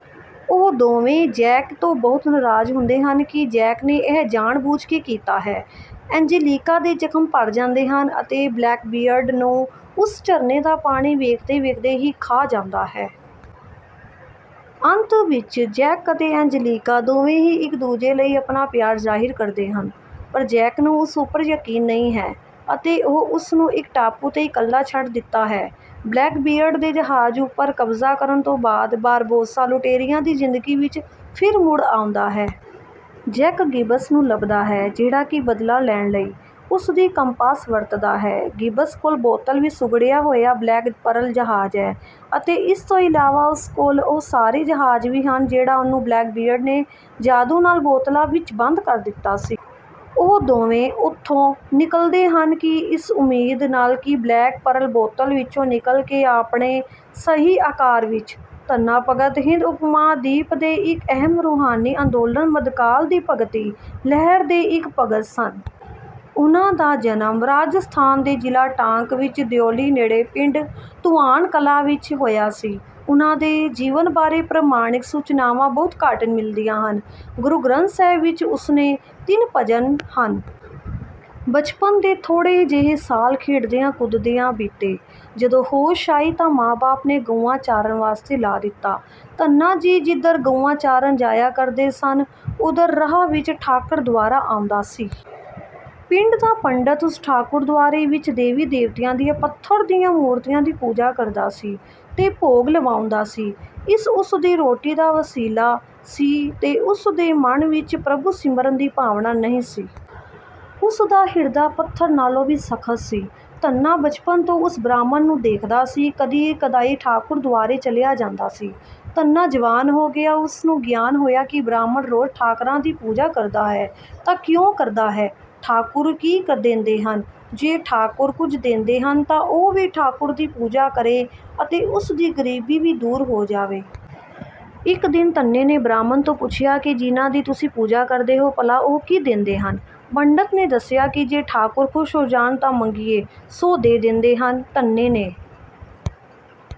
ਉਹ ਦੋਵੇਂ ਜੈਕ ਤੋਂ ਬਹੁਤ ਨਰਾਜ਼ ਹੁੰਦੇ ਹਨ ਕਿ ਜੈਕ ਨੇ ਇਹ ਜਾਣ-ਬੁੱਝ ਕੇ ਕੀਤਾ ਹੈ। ਐਂਜੇਲੀਕਾ ਦੇ ਜ਼ਖ਼ਮ ਭਰ ਜਾਂਦੇ ਹਨ ਅਤੇ ਬਲੈਕਬੀਅਰਡ ਨੂੰ ਉਸ ਝਰਨੇ ਦਾ ਪਾਣੀ ਵੇਖਦੇ-ਵੇਖਦੇ ਹੀ ਖਾ ਜਾਂਦਾ ਹੈ। ਅੰਤ ਵਿੱਚ ਜੈਕ ਅਤੇ ਐਂਜੇਲੀਕਾ ਦੋਵੇਂ ਇੱਕ ਦੂਜੇ ਲਈ ਆਪਣਾ ਪਿਆਰ ਜ਼ਾਹਿਰ ਕਰਦੇ ਹਨ ਪਰ ਜੈਕ ਨੂੰ ਉਸ ਉੱਪਰ ਯਕੀਨ ਨਹੀਂ ਹੈ ਅਤੇ ਉਹ ਉਸਨੂੰ ਇੱਕ ਟਾਪੂ ਤੇ ਇਕੱਲਾ ਛੱਡ ਦਿੰਦਾ ਹੈ। ਬਲੈਕਬੀਅਰਡ ਦੇ ਜਹਾਜ਼ ਉੱਪਰ ਕਬਜ਼ਾ ਕਰਨ ਤੋਂ ਬਾਅਦ ਬਾਰਬੋਸਾ ਲੁਟੇਰਿਆਂ ਦੀ ਜ਼ਿੰਦਗੀ ਵਿੱਚ ਫਿਰ ਮੁੜ ਆਉਂਦਾ ਹੈ। ਜੈਕ ਗਿੱਬਸ ਨੂੰ ਲੱਭਦਾ ਹੈ, ਜਿਹੜਾ ਕਿ ਬਦਲਾ ਲੈਣ ਲਈ ਉਸਦੀ ਕੰਪਾਸ ਵਰਤਦਾ ਹੈ। ਗਿੱਬਸ ਕੋਲ ਬੋਤਲ ਵਿੱਚ ਸੁੰਗੜਿਆ ਹੋਇਆ ਬਲੈਕ ਪਰਲ ਜਹਾਜ਼ ਹੈ ਅਤੇ ਇਸ ਤੋਂ ਇਲਾਵਾ ਉਸ ਕੋਲ ਉਹ ਸਾਰੇ ਜਹਾਜ਼ ਵੀ ਹਨ ਜਿਹਨਾਂ ਨੂੰ ਬਲੈਕਬੀਅਰਡ ਨੇ ਜਾਦੂ ਨਾਲ ਬੋਤਲਾਂ ਵਿੱਚ ਬੰਦ ਕਰ ਦਿੱਤਾ ਸੀ। ਉਹ ਦੋਵੇਂ ਉੱਥੋਂ ਨਿਕਲਦੇ ਹਨ, ਇਸ ਉਮੀਦ ਨਾਲ ਕਿ ਬਲੈਕ ਪਰਲ ਬੋਤਲ ਵਿੱਚੋਂ ਨਿਕਲ ਕੇ ਆਪਣੇ ਸਹੀ ਆਕਾਰ ਵਿੱਚ। ਧੰਨਾ ਭਗਤ ਹਿੰਦ ਉਪਮਹਾਦੀਪ ਦੇ ਇੱਕ ਅਹਿਮ ਰੂਹਾਨੀ ਅੰਦੋਲਨ ਮਧਕਾਲ ਦੀ ਭਗਤੀ ਲਹਿਰ ਦੇ ਇੱਕ ਭਗਤ ਸਨ। ਉਨ੍ਹਾਂ ਦਾ ਜਨਮ ਰਾਜਸਥਾਨ ਦੇ ਜਿਲਾ ਟਾਂਕ ਵਿੱਚ ਦਿਓਲੀ ਨੇੜੇ ਪਿੰਡ ਧੂਆਨ ਕਲਾਂ ਵਿੱਚ ਹੋਇਆ ਸੀ। ਉਨ੍ਹਾਂ ਦੇ ਜੀਵਨ ਬਾਰੇ ਪ੍ਰਮਾਣਿਕ ਸੂਚਨਾਵਾਂ ਬਹੁਤ ਘੱਟ ਮਿਲਦੀਆਂ ਹਨ। ਗੁਰੂ ਗ੍ਰੰਥ ਸਾਹਿਬ ਵਿੱਚ ਉਸਦੇ ਤਿੰਨ ਭਜਨ ਹਨ। ਬਚਪਨ ਦੇ ਥੋੜੇ ਜਿਹੇ ਸਾਲ ਖੇਡਦਿਆਂ ਕੁਦਦਿਆਂ ਬੀਤੇ। ਜਦੋਂ ਹੋਸ਼ ਆਈ ਤਾਂ ਮਾ-ਬਾਪ ਨੇ ਗਊਆਂ ਚਾਰਨ ਵਾਸਤੇ ਲਾ ਦਿੱਤਾ। ਧੰਨਾ ਜੀ ਜਿੱਧਰ ਗਊਆਂ ਚਾਰਨ ਜਾਇਆ ਕਰਦੇ ਸਨ ਉਧਰ ਰਾਹ ਵਿੱਚ ਠਾਕਰ ਦੁਆਰਾ ਆਉਂਦਾ ਸੀ। ਪਿੰਡ ਦਾ ਪੰਡਤ ਉਸ ਠਾਕੁਰ ਦੁਆਰੇ ਵਿੱਚ ਦੇਵੀ-ਦੇਵਤਿਆਂ ਦੀਆਂ ਪੱਥਰ ਦੀਆਂ ਮੂਰਤੀਆਂ ਦੀ ਪੂਜਾ ਕਰਦਾ ਸੀ ਤੇ ਭੋਗ ਲਵਾਂਉਦਾ ਸੀ। ਇਹ ਉਸਦੀ ਰੋਟੀ ਦਾ ਵਸੀਲਾ ਸੀ ਤੇ ਉਸ ਦੇ ਮਨ ਵਿੱਚ ਪ੍ਰਭੂ ਸਿਮਰਨ ਦੀ ਭਾਵਨਾ ਨਹੀਂ ਸੀ। ਉਸ ਦਾ ਹਿਰਦਾ ਪੱਥਰ ਨਾਲੋਂ ਵੀ ਸਖਤ ਸੀ। ਧੰਨਾ ਬਚਪਨ ਤੋਂ ਓਸ ਬ੍ਰਾਹਮਣ ਨੂੰ ਦੇਖਦਾ ਸੀ, ਕਦੀ ਕਦਾਈਂ ਠਾਕੁਰ ਦੁਆਰੇ ਚਲਿਆ ਜਾਂਦਾ ਸੀ। ਧੰਨਾ ਜਵਾਨ ਹੋ ਗਿਆ ਉਸ ਨੂੰ ਗਿਆਨ ਹੋਇਆ ਕਿ ਬ੍ਰਾਹਮਣ ਰੋਜ਼ ਠਾਕਰਾਂ ਦੀ ਪੂਜਾ ਕਰਦਾ ਹੈ ਤਾਂ ਕਿਉ ਕਰਦਾ ਹੈ, ਠਾਕੁਰ ਕੀ ਦੇਂਦੇ ਹਨ ਜੇ ਠਾਕੁਰ ਕੁੱਝ ਦੇਂਦੇ ਹਨ ਤਾ ਉਹ ਵੀ ਠਾਕੁਰ ਦੀ ਪੂਜਾ ਕਰੇ ਅਤੇ ਉਸ ਦੀ ਗਰੀਬੀ ਵੀ ਦੂਰ ਹੋ ਜਾਵੇ। ਇੱਕ ਦਿਨ ਧੰਨੇ ਨੇ ਬ੍ਰਾਹਮਣ ਤੋਂ ਪੁੱਛਿਆ ਕਿ ਜਿਨ੍ਹਾਂ ਦੀ ਤੁਸੀ ਪੂਜਾ ਕਰਦੇ ਹੋ ਭਲਾ ਉਹ ਕੀ ਦੇਂਦੇ ਹਨ। ਪੰਡਤ ਨੇ ਦੱਸਿਆ ਕਿ ਜੇ ਠਾਕੁਰ ਖੁਸ਼ ਹੋ ਜਾਣ ਤਾ ਮੰਗੀਏ ਸੋ ਦੇ ਦੇਂਦੇ ਹਨ। ਧੰਨੇ ਨੇ...